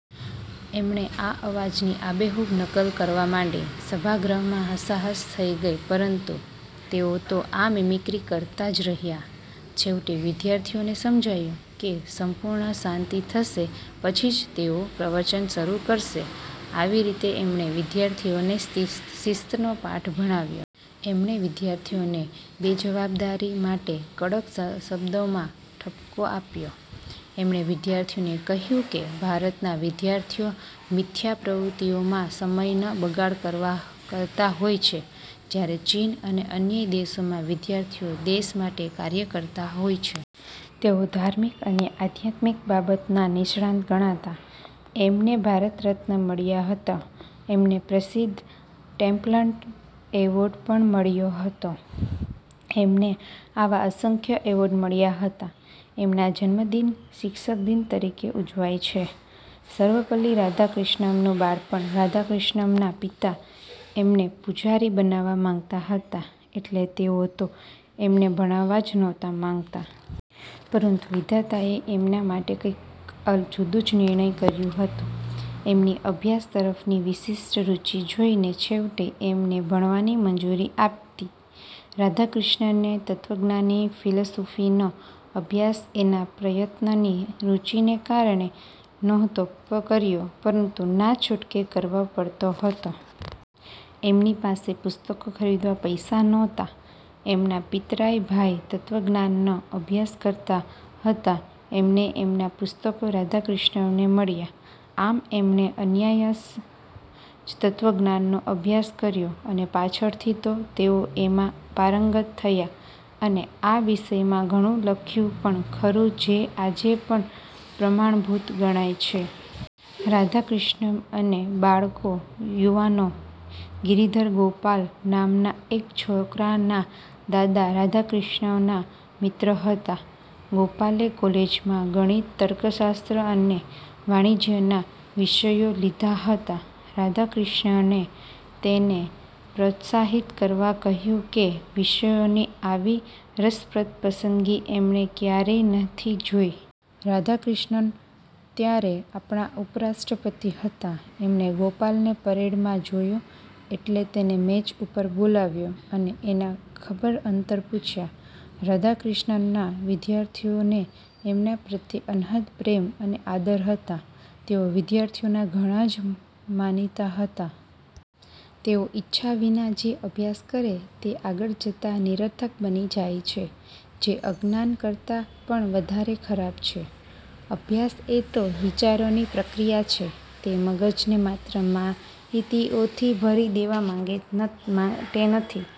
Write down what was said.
એમણે આ અવાજની આબેહૂબ નકલ કરવા માંડી. સભાગૃહમાં હસાહસ થઇ ગઈ પરંતુ તેઓ તો આ મિમિક્રી કરતા જ રહ્યા. છેવટે વિદ્યાર્થીઓને સમજાયું કે સંપૂર્ણપણે શાંતિ થશે પછી જ તેઓ પ્રવચન શરુ કરશે. આવી રીતે એમણે વિદ્યાર્થીઓને શિસ્તનો પાઠ ભણાવ્યો. એમણે વિદ્યાર્થીઓને બેજવાબદારી માટે કડક શબ્દોમાં ઠપકો આપ્યો. એમણે વિદ્યાર્થીઓને કહ્યું કે ભારતના વિદ્યાર્થીઓ મિથ્યા પ્રવૃત્તિઓમાં સમયનો બગાડ કરતા હોય છે જયારે ચીન અને અન્ય દેશોમાં વિદ્યાર્થીઓ દેશ માટે કાર્ય કરતા હોય છે. તેઓ ધાર્મિક અને આધ્યાત્મિક બાબતોના નિષ્ણાત ગણાતા. એમને ભારતરત્ન મળ્યો હતો. એમને પ્રસિદ્ધ ટેમ્પલ્ટન એવોર્ડ પણ મળ્યો હતો. એમને આવા અસંખ્ય એવોર્ડ મળ્યા હતા. એમનો જન્મદિન શિક્ષકદિન તરીકે ઉજવાય છે. સર્વપલ્લી રાધાક્રિશ્નનનું બાળપણ રાધાક્રિશ્નનના પિતા એમને પૂજારી બનાવવા માંગતા હતા એટલે તેઓ તો એમને ભણાવવા જ નહોતા માંગતા! પરંતુ વિધાતાએ એમના માટે કાંઈક જુદું જ નિર્માણ કર્યું હતું! એમની અભ્યાસ તરફની વિશેષ રુચિ જોઈને છેવટે એમને ભણવાની મંજૂરી આપી. રાધાક્રિશ્નને તત્વજ્ઞાન-ફિલસુફીનો અભ્યાસ એના પ્રત્યેની રુચિને કારણે નહોતો કર્યો પરંતુ ના છૂટકે કરવો પડયો હતો. એમની પાસે પુસ્તકો ખરીદવાના પૈસા નહોતા. એમના પિતરાઈ ભાઈ તત્વજ્ઞાનનો અભ્યાસ કરતા હતા એટલે એમના પુસ્તકો રાધાક્રિશ્નનને મળ્યા. આમ એમણે અનાયાસે જ તત્વજ્ઞાનનો અભ્યાસ કર્યો અને પાછળથી તો તેઓ એમાં પારંગત થયા અને આ વિષયમાં ઘણું લખ્યું પણ ખરું જે આજે પણ પ્રમાણભૂત ગણાય છે. રાધાક્રિશ્નન અને બાળકો / યુવાનો ગિરિધર ગોપાલ નામના એક છોકરાના દાદા રાધાક્રિશ્નનના મિત્ર હતા. ગોપાલે કોલેજમાં ગણિત, તર્કશાસ્ત્ર અને વાણિજ્યના વિષયો લીધા હતા. રાધાક્રિશ્નને તેને પ્રોત્સાહિત કરતાં કહ્યું કે વિષયોની આવી રસપ્રદ પસંદગી એમણે ક્યારેય નથી જોઈ. રાધાક્રિશ્નન ત્યારે આપણા ઉપરાષ્ટ્રપતિ હતા. એમણે ગોપાલને પરેડમાં જોયો એટલે તેને મંચ ઉપર બોલાવ્યો અને એના ખબરઅંતર પૂછ્યા. રાધાક્રિશ્નનના વિદ્યાર્થીઓને એમના પ્રત્યે અનહદ પ્રેમ અને આદર હતા. તેઓ વિદ્યાર્થીઓના ઘણા જ માનીતા હતા. તેઓ ઈચ્છા વિના જે અભ્યાસ કરે તે આગળ જતાં નિરર્થક બની જાય છે જે અજ્ઞાન કરતાં પણ વધારે ખરાબ છે. અભ્યાસ એ તો વિચારોની પ્રક્રિયા છે. તે મગજને માત્ર માહિતીઓથી ભરી દેવા માટે નથી.